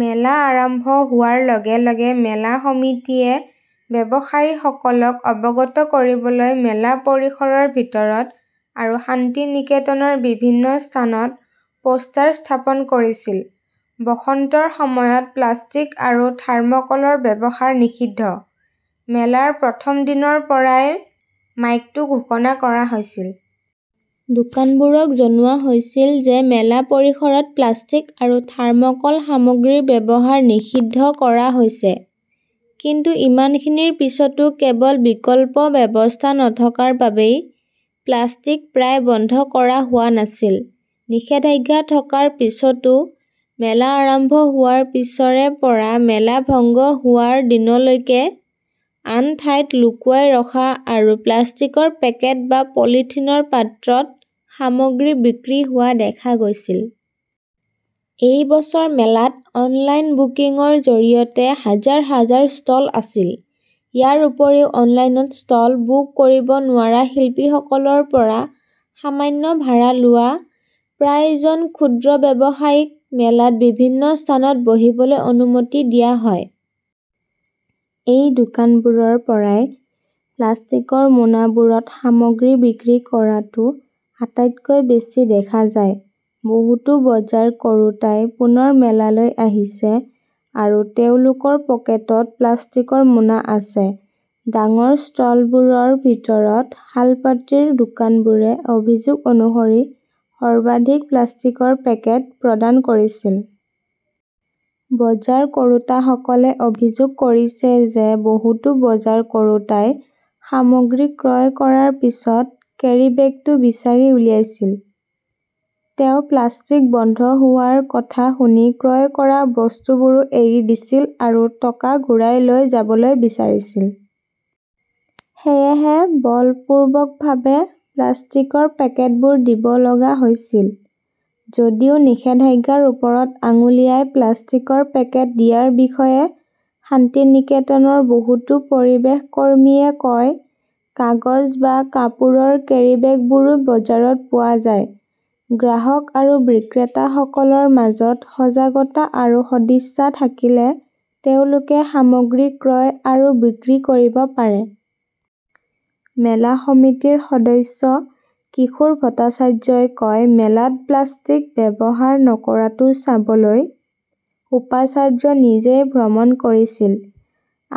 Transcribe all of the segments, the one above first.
মেলা আৰম্ভ হোৱাৰ লগে লগে মেলা সমিতিয়ে ব্যৱসায়ীসকলক অৱগত কৰিবলৈ মেলা পৰিসৰৰ ভিতৰত আৰু শান্তিনিকেতনৰ বিভিন্ন স্থানত পোষ্টাৰ স্থাপন কৰিছিল, 'বসন্তৰ সময়ত প্লাষ্টিক আৰু থাৰ্মকলৰ ব্যৱহাৰ নিষিদ্ধ। মেলাৰ প্ৰথম দিনৰ পৰাই মাইকটো ঘোষণা কৰা হৈছিল। দোকানবোৰক জনোৱা হৈছিল যে মেলা পৰিসৰত প্লাষ্টিক আৰু থাৰ্মকল সামগ্ৰীৰ ব্যৱহাৰ নিষিদ্ধ কৰা হৈছে। কিন্তু ইমানখিনিৰ পিছতো কেৱল বিকল্প ব্যৱস্থা নথকাৰ বাবেই প্লাষ্টিক প্ৰায় বন্ধ কৰা হোৱা নাছিল। নিষেধাজ্ঞা থকাৰ পিছতো মেলা আৰম্ভ হোৱাৰ পিছৰে পৰা মেলা ভংগ হোৱা দিনলৈকে আন ঠাইত লুকুৱাই ৰখা আৰু প্লাষ্টিকৰ পেকেট বা পলিথিনৰ পাত্ৰত সামগ্ৰী বিক্ৰী হোৱা দেখা গৈছিল। এই বছৰ মেলাত অনলাইন বুকিংৰ জৰিয়তে হাজাৰ হাজাৰ ষ্টল আছিল। ইয়াৰ উপৰিও, অনলাইনত ষ্টল বুক কৰিব নোৱাৰা শিল্পীসকলৰ পৰা সামান্য ভাড়া লোৱা প্ৰায় জন ক্ষুদ্ৰ ব্যৱসায়ীক মেলাত বিভিন্ন স্থানত বহিবলৈ অনুমতি দিয়া হয়। এই দোকানবোৰৰ পৰাই প্লাষ্টিকৰ মোনাবোৰত সামগ্ৰী বিক্ৰী কৰাটো আটাইতকৈ বেছি দেখা যায়। বহুতো বজাৰ কৰোঁতাই পুনৰ মেলালৈ আহিছে আৰু তেওঁলোকৰ পকেটত প্লাষ্টিকৰ মোনা আছে। ডাঙৰ ষ্টলবোৰৰ ভিতৰত শালপাটিৰ দোকানবোৰে অভিযোগ অনুসৰি সৰ্বাধিক প্লাষ্টিকৰ পেকেট প্ৰদান কৰিছিল। বজাৰ কৰোঁতাসকলে অভিযোগ কৰিছে যে বহুতো বজাৰ কৰোঁতাই সামগ্ৰী ক্ৰয় কৰাৰ পিছত কেৰী বেগটো বিচাৰি উলিয়াইছিল। তেওঁ প্লাষ্টিক বন্ধ হোৱাৰ কথা শুনি ক্ৰয় কৰা বস্তুবোৰো এৰি দিছিল আৰু টকা ঘূৰাই লৈ যাবলৈ বিচাৰিছিল। সেয়েহে বলপূৰ্বকভাৱে প্লাষ্টিকৰ পেকেটবোৰ দিব লগা হৈছিল। যদিও নিষেধাজ্ঞাৰ ওপৰত আঙুলিয়াই প্লাষ্টিকৰ পেকেট দিয়াৰ বিষয়ে শান্তিনিকেতনৰ বহুতো পৰিৱেশ কৰ্মীয়ে কয়, কাগজ বা কাপোৰৰ কেৰি বেগবোৰো বজাৰত পোৱা যায়। গ্ৰাহক আৰু বিক্ৰেতাসকলৰ মাজত সজাগতা আৰু সদিচ্ছা থাকিলে তেওঁলোকে সামগ্ৰী ক্ৰয় আৰু বিক্ৰী কৰিব পাৰে। মেলা সমিতিৰ সদস্য কিশোৰ ভট্টাচাৰ্যই কয়, মেলাত প্লাষ্টিক ব্যৱহাৰ নকৰাটো চাবলৈ উপাচাৰ্য নিজেই ভ্ৰমণ কৰিছিল।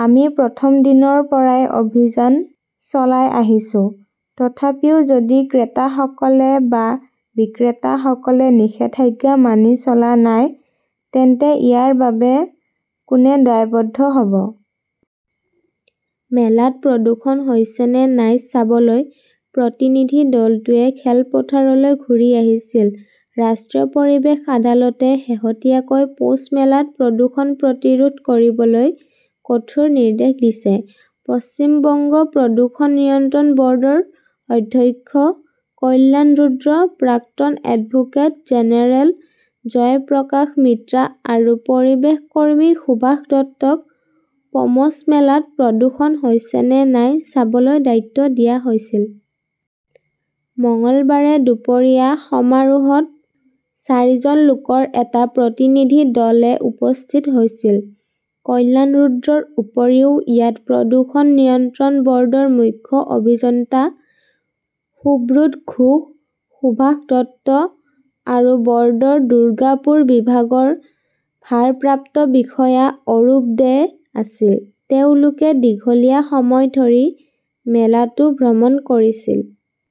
আমি প্ৰথম দিনৰ পৰাই অভিযান চলাই আহিছো। তথাপিও যদি ক্ৰেতাসকলে বা বিক্ৰেতাসকলে নিষেধাজ্ঞা মানি চলা নাই, তেন্তে ইয়াৰ বাবে কোনে দায়বদ্ধ হব? মেলাত প্ৰদূষণ হৈছে নে নাই চাবলৈ প্ৰতিনিধি দলটোৱে খেলপথাৰলৈ ঘূৰি আহিছিল ৰাষ্ট্ৰীয় পৰিৱেশ আদালতে শেহতীয়াকৈ পৌছমেলাত প্ৰদূষণ প্ৰতিৰোধ কৰিবলৈ কঠোৰ নিৰ্দেশ দিছে। পশ্চিম বংগ প্ৰদূষণ নিয়ন্ত্ৰণ ব "ৰ্ডৰ অধ্যক্ষ কল্যাণ ৰুদ্ৰ, প্ৰাক্তন এডভোকেট জেনেৰেল জয়প্ৰকাশ মিত্ৰা আৰু পৰিৱেশ কৰ্মী সুভাষ দত্তক পমছমেলাত প্ৰদূষণ হৈছে নে নাই চাবলৈ দায়িত্ব দিয়া হৈছে। মঙলবাৰে দুপৰীয়া সমাৰোহত চাৰিজন লোকৰ এটা প্ৰতিনিধি দলে উপস্থিত হৈছিল। কল্যাণ ৰুদ্ৰৰ উপৰিও ইয়াত প্ৰদূষণ নিয়ন্ত্ৰণ বৰ্ডৰ মুখ্য অভিযন্তা সুব্ৰত ঘোষ, সুভাষ দত্ত আৰু বৰ্ডৰ দুৰ্গাপুৰ বিভাগৰ ভাৰপ্ৰাপ্ত বিষয়া অৰূপ দে আছিল। তেওঁলোকে দীঘলীয়া সময় ধৰি মেলাটো ভ্ৰমণ কৰিছিল।